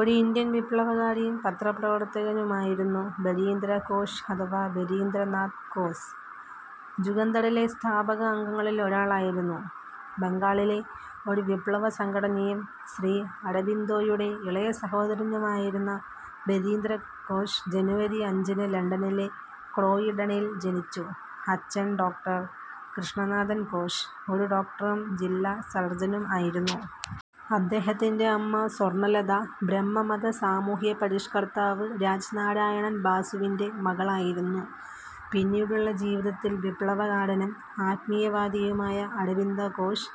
ഒരു ഇന്ത്യൻ വിപ്ലവകാരിയും പത്രപ്രവർത്തകനുമായിരുന്നു ബരീന്ദ്ര ഘോഷ് അഥവാ ബരീന്ദ്ര നാഥ് ഘോസ്. ജുഗന്തറിലെ സ്ഥാപക അംഗങ്ങളിൽ ഒരാളായിരുന്നു. ബംഗാളിലെ ഒരു വിപ്ലവ സംഘടനയും. ശ്രീ അരബിന്ദോയുടെ ഇളയ സഹോദരനായിരുന്നു ബരീന്ദ്ര ഘോഷ്. ജനുവരി അഞ്ചിന് ലണ്ടനിലെ ക്രോയിഡണിൽ ജനിച്ചു. അച്ഛൻ ഡോക്ടർ കൃഷ്ണനാഥൻ ഘോഷ്, ഒരു ഡോക്ടറും ജില്ലാ സർജനും ആയിരുന്നു. അദ്ദേഹത്തിൻ്റെ അമ്മ സ്വർണ്ണലത ബ്രഹ്മ മത സാമൂഹ്യ പരിഷ്ക്കർത്താവ് രാജ് നാരായണൻ ബാസുവിൻ്റെ മകളായിരുന്നു. പിന്നീടുള്ള ജീവിതത്തിൽ വിപ്ലവകാരനും ആത്മീയവാദിയുമായ അരബിന്ദോ ഘോഷ്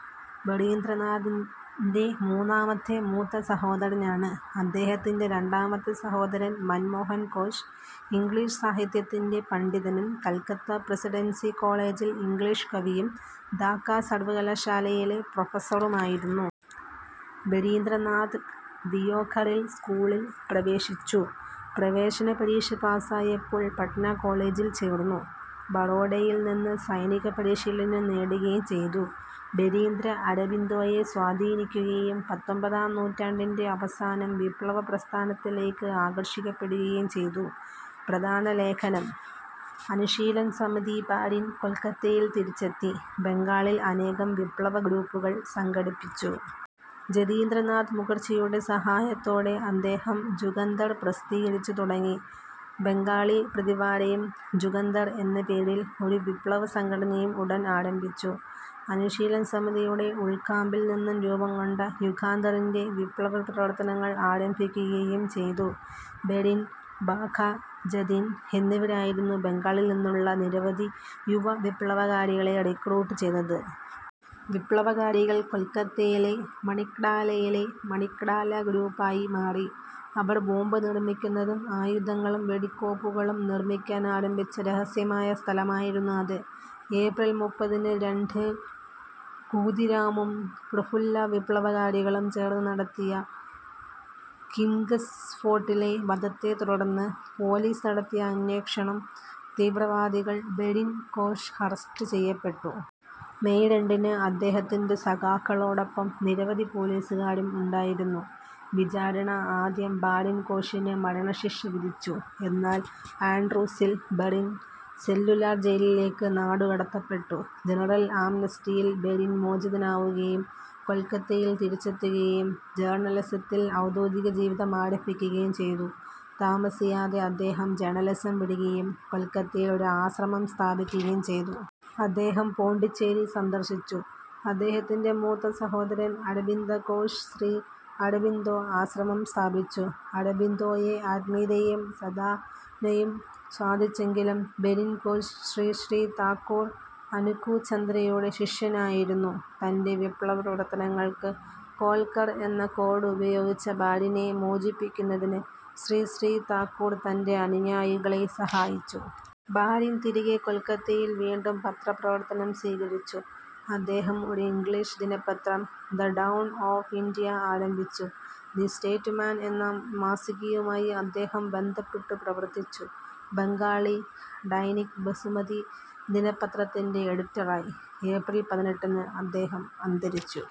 ബറീന്ദ്രനാഥിൻ്റെ മൂന്നാമത്തെ മൂത്ത സഹോദരനാണ്. അദ്ദേഹത്തിൻ്റെ രണ്ടാമത്തെ സഹോദരൻ മൻമോഹൻ ഘോഷ് ഇംഗ്ലീഷ് സാഹിത്യത്തിൻ്റെ പണ്ഡിതനും, കൽക്കത്ത പ്രസിഡൻസി കോളേജിൽ ഇംഗ്ലീഷ് കവിയും ധാക്ക സർവ്വകലാശാലയിലെ പ്രൊഫസ്സറുമായിരുന്നു. ബരിന്ദ്രനാഥ് ദിയോഘറിൽ സ്കൂളിൽ പ്രവേശിച്ചു. പ്രവേശന പരീക്ഷ പാസായപ്പോൾ പട്ന കോളേജിൽ ചേർന്നു. ബറോഡയിൽ നിന്ന് സൈനിക പരിശീലനം നേടുകയും ചെയ്തു. ബരീന്ദ്ര അരബിന്ദോയെ സ്വാധീനിക്കുകയും പത്തൊൻപതാം നൂറ്റാണ്ടിൻ്റെ അവസാനം വിപ്ലവ പ്രസ്ഥാനത്തിലേക്ക് ആകർഷിക്കപ്പെടുകയും ചെയ്തു. പ്രധാന ലേഖനം: അനുശീലൻ സമിതി ബാരിൻ കൊൽക്കത്തയിൽ തിരിച്ചെത്തി, ബംഗാളിൽ അനേകം വിപ്ലവ ഗ്രൂപ്പുകൾ സംഘടിപ്പിച്ചു. ജതീന്ദ്രനാഥ് മുഖർജിയുടെ സഹായത്തോടെ. അദ്ദേഹം ജുഗന്തർ പ്രസിദ്ധീകരിച്ചു തുടങ്ങി, ബംഗാളി പ്രതിവാരയും, ജുഗന്തർ എന്ന പേരിൽ ഒരു വിപ്ലവ സംഘടനയും ഉടൻ ആരംഭിച്ചു. അനുശീലൻ സമിതിയുടെ ഉൾക്കാമ്പിൽ നിന്നും രൂപം കൊണ്ട യുഗാന്തറിൻ്റെ വിപ്ലവ പ്രവർത്തനങ്ങൾ ആരംഭിക്കുകയും ചെയ്തു. ബരിൻ, ബാഘ ജതിൻ എന്നിവരായിരുന്നു ബംഗാളിൽ നിന്നുള്ള നിരവധി യുവ വിപ്ലവകാരികളെ റിക്രൂട്ട് ചെയ്തത്. വിപ്ലവകാരികൾ കൊൽക്കത്തയിലെ മണിക്ടാലയിലെ മണിക്ടാലഗ്രൂപ്പായി മാറി. അവർ ബോംബ് നിർമ്മിക്കുന്നതും ആയുധങ്ങളും വെടിക്കോപ്പുകളും നിർമ്മിക്കാൻ ആരംഭിച്ച രഹസ്യമായ സ്ഥലമായിരുന്നു അത്. ഏപ്രിൽ മുപ്പതിന് രണ്ട് ഖൂദിരാമും പ്രഫുല്ല വിപ്ലവകാരികളും ചേർന്ന് നടത്തിയ കിംഗ്സ്ഫോർഡിലെ വധത്തെ തുടർന്ന് പോലീസ് നടത്തിയ അന്വേഷണം തീവ്രവാദികൾ ബരിൻ ഘോഷ് അറസ്റ്റ് ചെയ്യപ്പെട്ടു. മെയ് രണ്ടിന് അദ്ദേഹത്തിൻ്റെ സഖാക്കളോടൊപ്പം നിരവധി പോലീസുകാരും ഉണ്ടായിരുന്നു. വിചാരണ ആദ്യം ബാരിൻ ഘോഷിന് മരണശിക്ഷ വിധിച്ചു. എന്നാൽ ആൻഡ്രൂസിൽ ബറിൻ സെല്ലുലാർ ജയിലിലേക്ക് നാടുകടത്തപ്പെട്ടു. ജനറൽ ആംനസ്റ്റിയിൽ ബരിൻ മോചിതനാവുകയും കൊൽക്കത്തയിൽ തിരിച്ചെത്തുകയും ജേർണലിസത്തിൽ ഔദ്യോഗിക ജീവിതം ആരംഭിക്കുകയും ചെയ്തു. താമസിയാതെ അദ്ദേഹം ജേണലിസം വിടുകയും കൊൽക്കത്തയിൽ ഒരു ആശ്രമം സ്ഥാപിക്കുകയും ചെയ്തു. അദ്ദേഹം പോണ്ടിച്ചേരി സന്ദർശിച്ചു. അദ്ദേഹത്തിൻ്റെ മൂത്ത സഹോദരൻ അരബിന്ദോ ഘോഷ് ശ്രീ അരബിന്ദോ ആശ്രമം സ്ഥാപിച്ചു. അരബിന്ദോയെ ആത്മീയതയും സദാനയും സ്വാധീനിച്ചെങ്കിലും ബരിൻ ഘോഷ് ശ്രീ ശ്രീ താക്കൂർ അനുഖുചന്ദ്രയുടെ ശിഷ്യനായിരുന്നു. തൻ്റെ വിപ്ലവ പ്രവർത്തനങ്ങൾക്ക് 'ഗോൽഘർ' എന്ന കോഡ് ഉപയോഗിച്ച ബാരിനെ മോചിപ്പിക്കുന്നതിന് ശ്രീ ശ്രീ താക്കൂർ തൻ്റെ അനുയായികളെ സഹായിച്ചു. ബാരിൻ തിരികെ കൊൽക്കത്തയിൽ വീണ്ടും പത്രപ്രവർത്തനം സ്വീകരിച്ചു. അദ്ദേഹം ഒരു ഇംഗ്ലീഷ് ദിനപത്രം ദ ഡൗൺ ഓഫ് ഇൻഡ്യ ആരംഭിച്ചു. ദി സ്റ്റേറ്റ്സ്മാൻ എന്ന മാസികയുമായി അദ്ദേഹം ബന്ധപ്പെട്ടു പ്രവർത്തിച്ചു. ബംഗാളി ഡൈനിക് ബസുമതി ദിന പത്രത്തിൻ്റെ എഡിറ്ററായി. ഏപ്രിൽ പതിനെട്ടിന് അദ്ദേഹം അന്തരിച്ചു.